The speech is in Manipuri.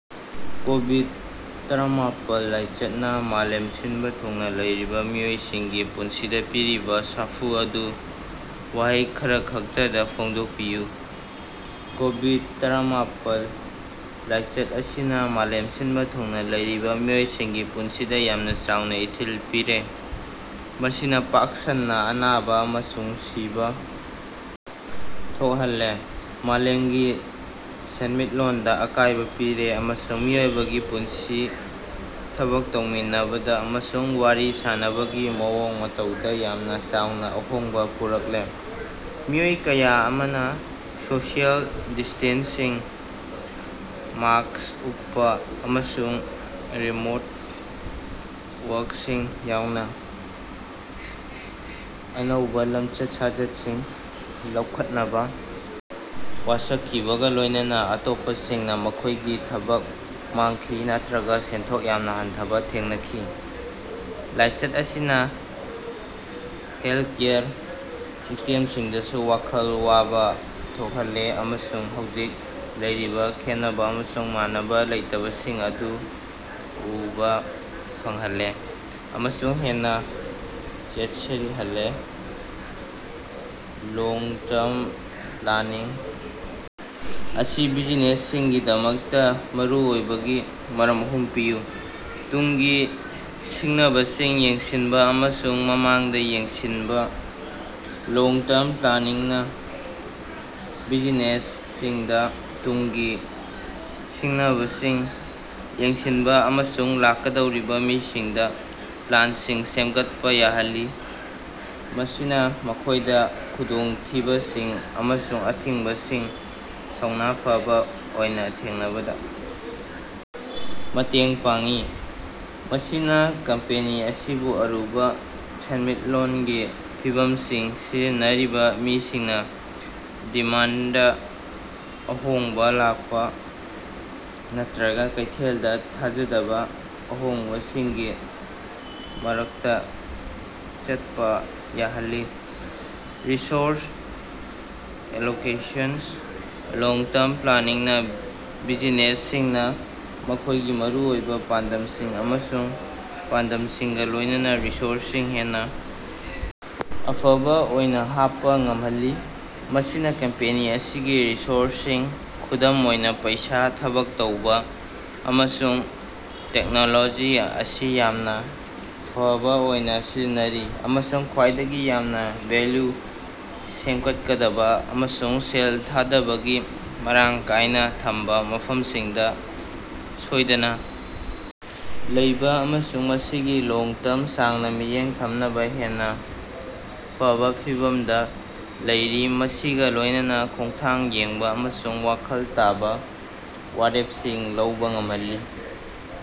ꯀꯣꯕꯤꯗ-ꯇꯔꯥꯃꯥꯄꯜ ꯂꯥꯏꯆꯠꯅ ꯃꯥꯂꯦꯝ ꯁꯤꯟꯕ ꯊꯨꯡꯅ ꯂꯩꯔꯤꯕ ꯃꯤꯑꯣꯏꯁꯤꯡꯒꯤ ꯄꯨꯟꯁꯤꯗ ꯄꯤꯔꯤꯕ ꯁꯥꯐꯨ ꯑꯗꯨ ꯋꯥꯍꯩ ꯈꯔꯈꯛꯇꯗ ꯐꯣꯡꯗꯣꯛꯄꯤꯌꯨ꯫ ꯀꯣꯕꯤꯗ-ꯇꯔꯥꯃꯥꯄꯜ ꯂꯥꯏꯆꯠ ꯑꯁꯤꯅꯥ ꯃꯥꯂꯦꯝ ꯁꯤꯟꯕ ꯊꯨꯡꯅ ꯂꯩꯔꯤꯕ ꯃꯤꯑꯣꯏꯁꯤꯡꯒꯤ ꯄꯨꯟꯁꯤꯗ ꯌꯥꯝꯅ ꯆꯥꯎꯅ ꯏꯊꯤꯜ ꯄꯤꯔꯦ꯫ ꯃꯁꯤꯅꯥ ꯄꯥꯛ ꯁꯟꯅ ꯑꯅꯥꯕ ꯑꯃꯁꯨꯡ ꯁꯤꯕꯥ ꯊꯣꯛꯍꯜꯂꯦ ꯃꯥꯂꯦꯝꯒꯤ ꯁꯦꯟꯃꯤꯠꯂꯣꯟꯗ ꯑꯀꯥꯢꯕ ꯄꯤꯔꯦ ꯑꯃꯁꯨꯡ ꯃꯤꯑꯣꯏꯕꯒꯤ ꯄꯨꯟꯁꯤ ꯊꯕꯛ ꯇꯧꯃꯤꯟꯅꯕꯗ ꯑꯃꯁꯨꯡ ꯋꯥꯔꯤ ꯁꯥꯅꯕꯒꯤ ꯃꯑꯣꯡ ꯃꯇꯧꯗꯥ ꯌꯥꯝꯅꯥ ꯆꯥꯎꯅꯥ ꯑꯍꯣꯡꯕꯥ ꯄꯨꯔꯛꯂꯦ꯫ ꯃꯤꯑꯣꯏ ꯀꯌꯥ ꯑꯃꯅ ꯁꯣꯁꯤꯑꯦꯜ ꯗꯤꯁꯇꯦꯟꯁꯤꯡ, ꯃꯥꯛꯁ ꯎꯞꯄꯥ ꯑꯃꯁꯨꯡ ꯔꯤꯃꯣꯠ ꯋꯥꯔ꯭ꯀꯁꯤꯡ ꯌꯥꯎꯅ ꯑꯅꯧꯕ ꯂꯝꯆꯠ-ꯁꯥꯖꯠꯁꯤꯡ ꯂꯧꯈꯠꯅꯕ ꯋꯥꯁꯛꯈꯤꯕꯒ ꯂꯣꯢꯅꯅ ꯑꯇꯣꯞꯄꯁꯤꯡꯅ ꯃꯈꯣꯢꯒꯤ ꯊꯕꯛ ꯃꯥꯡꯈꯤ ꯅꯠꯇ꯭ꯔꯒ ꯁꯦꯟꯊꯣꯛ ꯌꯥꯝꯅ ꯍꯟꯊꯕ ꯊꯦꯡꯅꯈꯤ꯫ ꯂꯥꯏꯆꯠ ꯑꯁꯤꯅ ꯍꯦꯜꯊꯀꯦꯌꯔ ꯁꯤꯁꯇꯦꯝꯁꯤꯡꯗꯁꯨ ꯋꯥꯈꯜ ꯋꯥꯕ ꯊꯣꯛꯍꯜꯂꯦ ꯑꯃꯁꯨꯡ ꯍꯧꯖꯤꯛ ꯂꯩꯔꯤꯕꯥ ꯈꯦꯟꯅꯕ ꯑꯃꯁꯨꯡ ꯃꯥꯟꯅꯕ ꯂꯩꯇꯕꯁꯤꯡ ꯑꯗꯨ ꯎꯕ ꯐꯪꯍꯜꯂꯦ ꯑꯃꯁꯨꯡ ꯍꯦꯟꯅ ꯆꯦꯠꯁꯤꯜꯍꯜꯂꯦ꯫ ꯂꯣꯡ-ꯇꯔꯝ ꯄ꯭ꯂꯥꯅꯤꯡ ꯑꯁꯤ ꯕꯤꯖꯤꯅꯦꯁꯁꯤꯡꯒꯤꯗꯃꯛꯇ ꯃꯔꯨꯑꯣꯏꯕꯒꯤ ꯃꯔꯝ ꯑꯍꯨꯝ ꯄꯤꯌꯨ꯫ ꯇꯨꯡꯒꯤ ꯁꯤꯡꯅꯕꯁꯤꯡ ꯌꯦꯡꯁꯤꯟꯕ ꯑꯃꯁꯨꯡ ꯃꯃꯥꯡꯗ ꯌꯦꯡꯁꯤꯟꯕꯥ: ꯂꯣꯡ-ꯇꯔꯝ ꯄ꯭ꯂꯥꯅꯤꯡꯅ ꯕꯤꯖꯤꯅꯦꯁꯁꯤꯡꯗ ꯇꯨꯡꯒꯤ ꯁꯤꯡꯅꯕꯁꯤꯡ ꯌꯦꯡꯁꯤꯟꯕ ꯑꯃꯁꯨꯡ ꯂꯥꯛꯀꯗꯧꯔꯤꯕ ꯃꯤꯁꯤꯡꯗ ꯄ꯭ꯂꯥꯟꯁꯤꯡ ꯁꯦꯝꯒꯠꯄ ꯌꯥꯍꯜꯂꯤ ꯃꯁꯤꯅ ꯃꯈꯣꯢꯗ ꯈꯨꯗꯣꯡꯊꯤꯕꯁꯤꯡ ꯑꯃꯁꯨꯡ ꯑꯊꯤꯡꯕꯁꯤꯡ ꯊꯧꯅ ꯐꯥꯕ ꯑꯣꯏꯅ ꯊꯦꯡꯅꯕꯗ ꯃꯇꯦꯡ ꯄꯥꯡꯏ꯫ ꯃꯁꯤꯅꯥ ꯀꯝꯄꯦꯅꯤ ꯑꯁꯤꯕꯨ ꯑꯔꯨꯕ ꯁꯦꯟꯃꯤꯠꯂꯣꯟꯒꯤ ꯐꯤꯚꯝꯁꯤꯡ ꯁꯤꯖꯤꯟꯅꯔꯤꯕ ꯃꯤꯁꯤꯡꯅ ꯗꯤꯃꯥꯟꯗꯗꯥ ꯑꯍꯣꯡꯕ ꯂꯥꯛꯄ ꯅꯠꯇ꯭ꯔꯒ ꯀꯩꯊꯦꯜꯗ ꯊꯥꯖꯗꯕ ꯑꯍꯣꯡꯕꯁꯤꯡꯒꯤ ꯃꯔꯛꯇ ꯆꯠꯄ ꯌꯥꯍꯜꯂꯤ꯫ ꯔꯤꯁꯣꯔꯁ ꯑꯦꯂꯣꯀꯦꯁꯟ: ꯂꯣꯡ-ꯇꯔꯝ ꯄ꯭ꯂꯥꯅꯤꯡꯅ ꯕꯤꯖꯤꯅꯦꯁꯁꯤꯡꯅ ꯃꯈꯣꯢꯒꯤ ꯃꯔꯨꯑꯣꯏꯕ ꯄꯥꯟꯗꯝꯁꯤꯡ ꯑꯃꯁꯨꯡ ꯄꯥꯟꯗꯝꯁꯤꯡꯒ ꯂꯣꯢꯅꯅꯥ ꯔꯤꯁꯣꯔꯁꯁꯤꯡ ꯍꯦꯟꯅ ꯑꯐꯕ ꯑꯣꯏꯅ ꯍꯥꯞꯄ ꯉꯝꯍꯜꯂꯤ꯫ ꯃꯁꯤꯅ ꯀꯝꯄꯦꯅꯤ ꯑꯁꯤꯒꯤ ꯔꯤꯁꯣꯔꯁꯁꯤꯡ ꯈꯨꯗꯝ ꯑꯣꯏꯅ ꯄꯩꯁꯥ, ꯊꯕꯛ ꯇꯧꯕ ꯑꯃꯁꯨꯡ ꯇꯦꯛꯅꯣꯂꯣꯖꯤ ꯑꯁꯤ ꯌꯥꯝꯅ ꯐꯥꯕ ꯑꯣꯏꯅꯥ ꯁꯤꯖꯤꯟꯅꯔꯤ ꯑꯃꯁꯨꯡ ꯈ꯭ꯋꯥꯏꯗꯒꯤ ꯌꯥꯝꯅ ꯚꯦꯜꯌꯨ ꯁꯦꯝꯒꯠꯀꯗꯕ ꯑꯃꯁꯨꯡ ꯁꯦꯜ ꯊꯥꯗꯕꯒꯤ ꯃꯔꯥꯡ ꯀꯥꯏꯅ ꯊꯝꯕ ꯃꯐꯝꯁꯤꯡꯗ ꯁꯣꯏꯗꯅ ꯂꯩꯕꯥ ꯑꯃꯁꯨꯡ ꯃꯁꯤꯒꯤ ꯂꯣꯡ-ꯇꯔꯝ ꯁꯥꯡꯅ ꯃꯤꯠꯌꯦꯡ ꯊꯝꯅꯕ ꯍꯦꯟꯅ ꯐꯕ ꯐꯤꯚꯝꯗ ꯂꯩꯔꯤ ꯃꯁꯤꯒꯥ ꯂꯣꯢꯅꯅꯥ ꯈꯣꯡꯊꯥꯡ ꯌꯦꯡꯕ ꯑꯃꯁꯨꯡ ꯋꯥꯈꯜ ꯇꯥꯕꯥ ꯋꯥꯔꯦꯞꯁꯤꯡ ꯂꯧꯕꯥ ꯉꯝꯍꯜꯂꯤ꯫